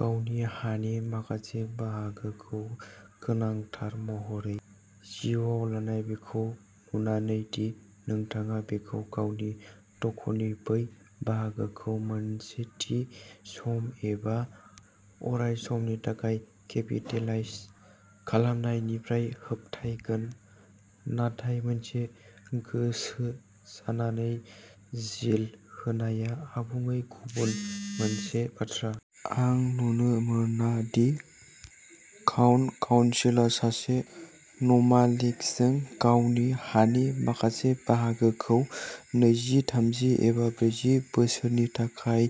गावनि हानि माखासे बाहागोखौ गोनांथार महरै जिआव लानाय, बेखौ नुनानै दि नोंथाङा बिखौ गावनि दखलनि बै बाहागोखौ मोनसे थि सम एबा अराय समनि थाखाय केपिटेलाइज खालामनायनिफ्राय होबथायगोन। नाथाय मोनसे गोसो जानानै जिल होनाया आबुङै गुबुन मोनसे बाथ्रा। आं नुनो मोना दि काउन्टि काउन्सिलआ सासे न'मालिकजों गावनि हानि माखासे बाहागोखौ नैजि, थामजि, एबा ब्रैजि बोसोरनि थाखाय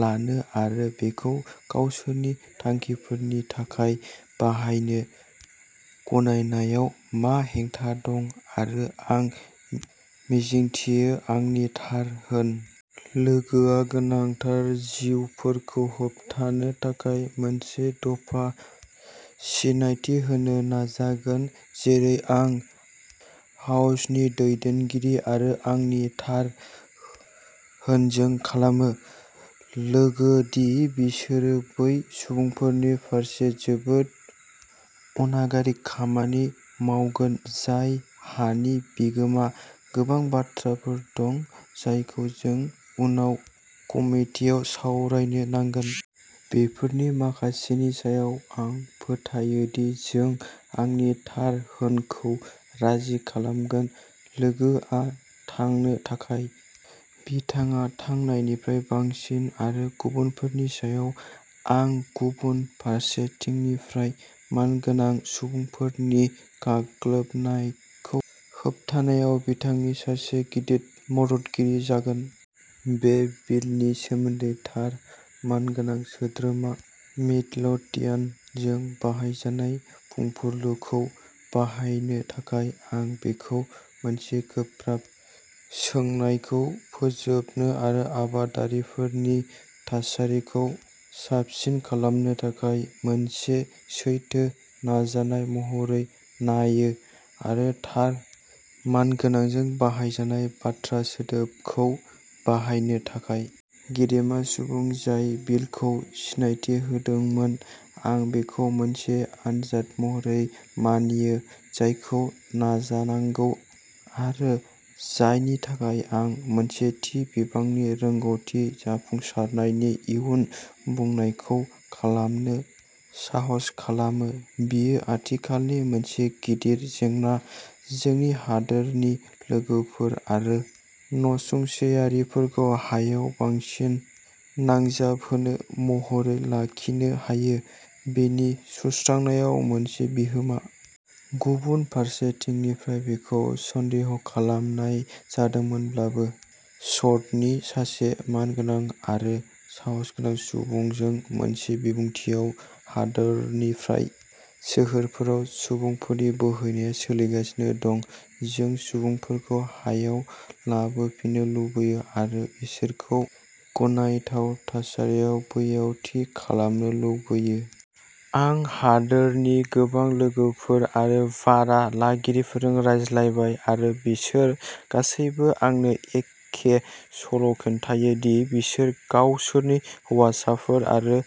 लानो आरो बेखौ गावसोरनि थांखिफोरनि थाखाय बाहायनो गनायनायाव मा हेंथा दं, आरो आं मिजिंथियो आंनि थार होन। लोगोआ गोनांथार जिउफोरखौ होबथानो थाखाय मोनसे दफा सिनायथि होनो नाजागोन, जेरै आं हाउसनि दैदेनगिरि आरो आंनि थार होनजों खालामो। लोगो दि बिसोरो बै सुबुंफोरनि फारसे जोबोद अनागारि खामानि मावगोन जाय हानि बिगोमा। गोबां बाथ्राफोर दं जायखौ जों उनाव कमितिआव सावरायनो नांगोन। बेफोरनि माखासेनि सायाव आं फोथायो दि जों आंनि थार होनखौ राजि खालामगोन। लोगोआ थांनो थाखाय। बिथाङा थांनायनिफ्राय बांसिन, आरो गुबुनफोरनि सायाव आं गुबुन फारसेथिंनिफ्राय मानगोनां सुबुंफोरनि गाग्लोबनायखौ होबथानायाव बिथांनि सासे गिदिर मददगिरि जागोन। बे बिलनि सोमोन्दै थार मानगोनां सोद्रोमा मिडलोथियान जों बाहायजानाय बुंफुरलुखौ बाहायनो थाखाय, आं बेखौ मोनसे गोब्राब सोंनायखौ फोजोबनो आरो आबादारिफोरनि थासारिखौ साबसिन खालामनो थाखाय मोनसे सैथो नाजानाय महरै नायो, आरो थार मानगोनांजों बाहायजानाय बाथ्रा सोदोबखौ बाहायनो थाखाय। गेदेमा सुबुं जाय बिलखौ सिनायथि होदोंमोन, आं बेखौ मोनसे आनजाद महरै मानियो जायखौ नाजानांगौ, आरो जायनि थाखाय आं मोनसे थि बिबांनि रोंग'थि जाफुंसारनायनि इयुन बुंनायखौ खालामनो साहस खालामो। बेयो आथिखालनि मोनसे गिदिर जेंना, जोंनि हादोरनि लोगोफोर आरो नसुंसेयारिफोरखौ हायाव बांसिन नांजाबहोनो महरै लाखिनो हायो, बिनि सुस्रांनायाव मोनसे बिहोमा। गुबुन फारसेथिंनिफ्राय बेखौ सन्देह खालामनाय जादोंब्लाबो। सदनि सासे मानगोनां आरो साहसगोनां सुबुंजों मोनसे बिबुंथियाव, हादोरनिफ्राय सोहोरफोराव सुबुंफोरनि बोहैनाया सोलिगासिनो दं। जों सुबुंफोरखौ हायाव लाबोफिननो लुगैयो आरो बिसोरखौ गनायथाव थासारियाव बैयाव थि खालामनो लुगैयो। आं हादोरनि गोबां लोगोफोर आरो भारा लागिरिफोरजों रायज्लायबाय, आरो बिसोर गासैबो आंनो एखे सल'खोन्थायो दि बिसोर गावसोरनि हौवासाफोर आरो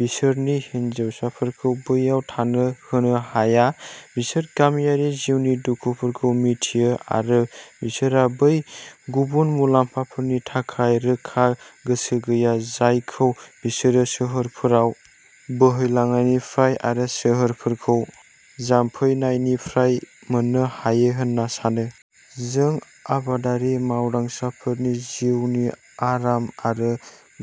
बिसोरनि हिनजावसाफोरखौ बैयाव थानो होनो हाया। बिसोर गामियारि जिउनि दुखुफोरखौ मिथियो, आरो बिसोरहा बै गुबुन मुलाम्फाफोरनि थाखाय रोखा गोसो गैया जायखौ बिसोरो सोहोरफोराव बोहैलांनायनिफ्राय आरो सोहोरफोरखौ जामफैनायनिफ्राय मोननो हायो होन्ना सानो। जों आबादारि मावदांसाफोरनि जिउनि आराम आरो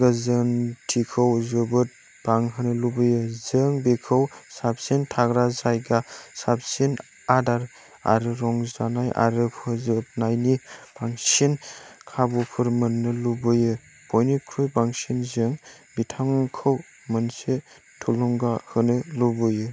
गोजोनथिखौ जोबोद बांहोनो लुगैयो। जों बिखौ साबसिन थाग्रा जायगा, साबसिन आदार आरो रंजानाय आरो फोजोबनायनि बांसिन खाबुफोर मोन्नो लुगैयो। बयनिख्रुइ बांसिन जों बिथांखौ मोनसे थुलुंगा होनो लुगैयो।